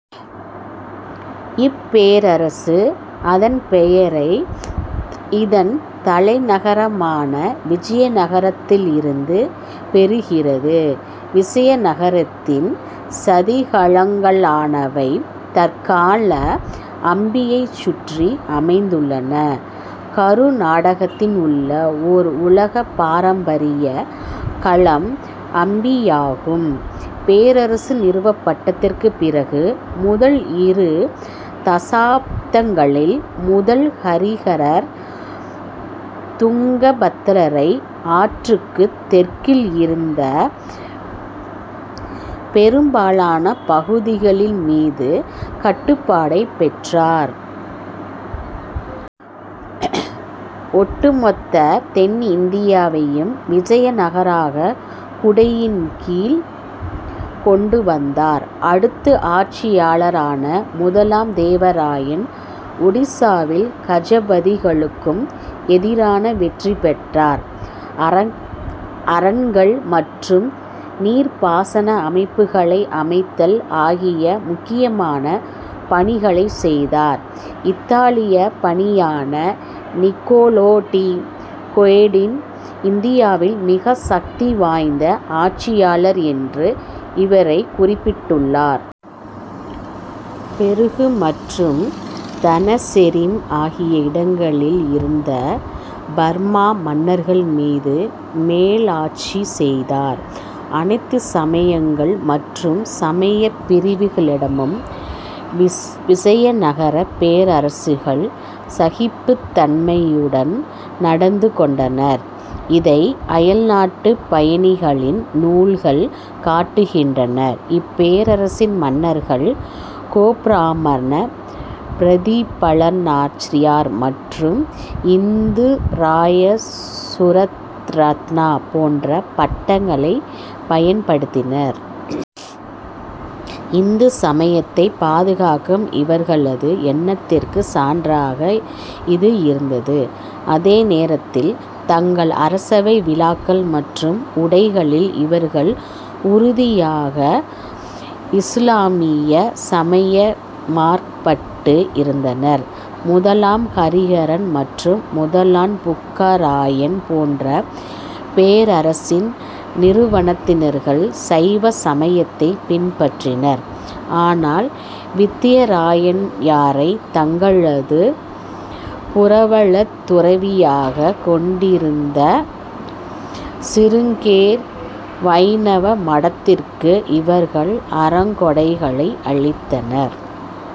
இப்பேரரசு அதன் பெயரை இதன் தலைநகரமான விசயநகரத்திலிருந்து பெறுகிறது. விசயநகரத்தின் சிதிலங்களானவை தற்கால அம்பியைச் சுற்றி அமைந்துள்ளன. கருநாடகத்தில் உள்ள ஓர் உலகப் பாரம்பரியக் களம் அம்பியாகும். பேரரசு நிறுவப்பட்டதற்குப் பிறகு முதல் இரு தசாப்தங்களில் முதலாம் ஹரிஹரர் துங்கபத்திரை ஆற்றுக்குத் தெற்கில் இருந்த பெரும்பாலான பகுதிகள் மீது கட்டுப்பாடைப் பெற்றார். ஒட்டு மொத்த தென்னிந்தியாவையும் விசயநகராக குடையின் கீழ் கொண்டு வந்தார். அடுத்த ஆட்சியாளரான முதலாம் தேவ ராயன் ஒடிசாவின் கஜபதிகளுக்கு எதிராக வெற்றி பெற்றார். அரண்கள் மற்றும் நீர்ப்பாசன அமைப்புகளை அமைத்தல் ஆகிய முக்கியமான பணிகளைச் செய்தார். இத்தாலியப் பயணியான நிக்கோலோ டி கொய்டி இந்தியாவின் மிக சக்தி வாய்ந்த ஆட்சியாளர் என்று இவரைக் குறிப்பிட்டுள்ளார். பெருகு மற்றும் தனசெரிம் ஆகிய இடங்களில் இருந்த பர்மா மன்னர்கள் மீது மேலாட்சி செய்தார். அனைத்து சமயங்கள் மற்றும் சமயப் பிரிவுகளிடமும் விசயநகரப் பேரரசர்கள் சகிப்புத் தன்மையுடன் நடந்து கொண்டனர். இதை அயல்நாட்டுப் பயணிகளின் நூல்கள் காட்டுகின்றன. இப்பேரரசின் மன்னர்கள் கோப்ராமண பிரதிபலனாச்சார்யா மற்றும் இந்துராயசுரத்ரத்னா போன்ற பட்டங்களைப் பயன்படுத்தினர். இந்து சமயத்தைப் பாதுகாக்கும் இவர்களது எண்ணத்திற்கு சான்றாக இது இருந்த்து. அதே நேரத்தில், தங்களது அரசவை விழாக்கள் மற்றும் உடைகளில் இவர்கள் உறுதியாக இசுலாமியசமயமார்ப்பட்டு இருந்தனர். முதலாம் ஹரிஹரன் மற்றும் முதலாம் புக்கா ராயன் போன்ற பேரரசின் நிறுவனர்கள் சைவ சமயத்தைப் பின்பற்றினர். ஆனால், வித்யாராயன் தங்களது புரவலத் துறவியாகக் கொண்டிருந்த சிருங்கேர் வைணவ மடத்துக்கு இவர்கள் அறக்கொடைகளை அளித்தனர்.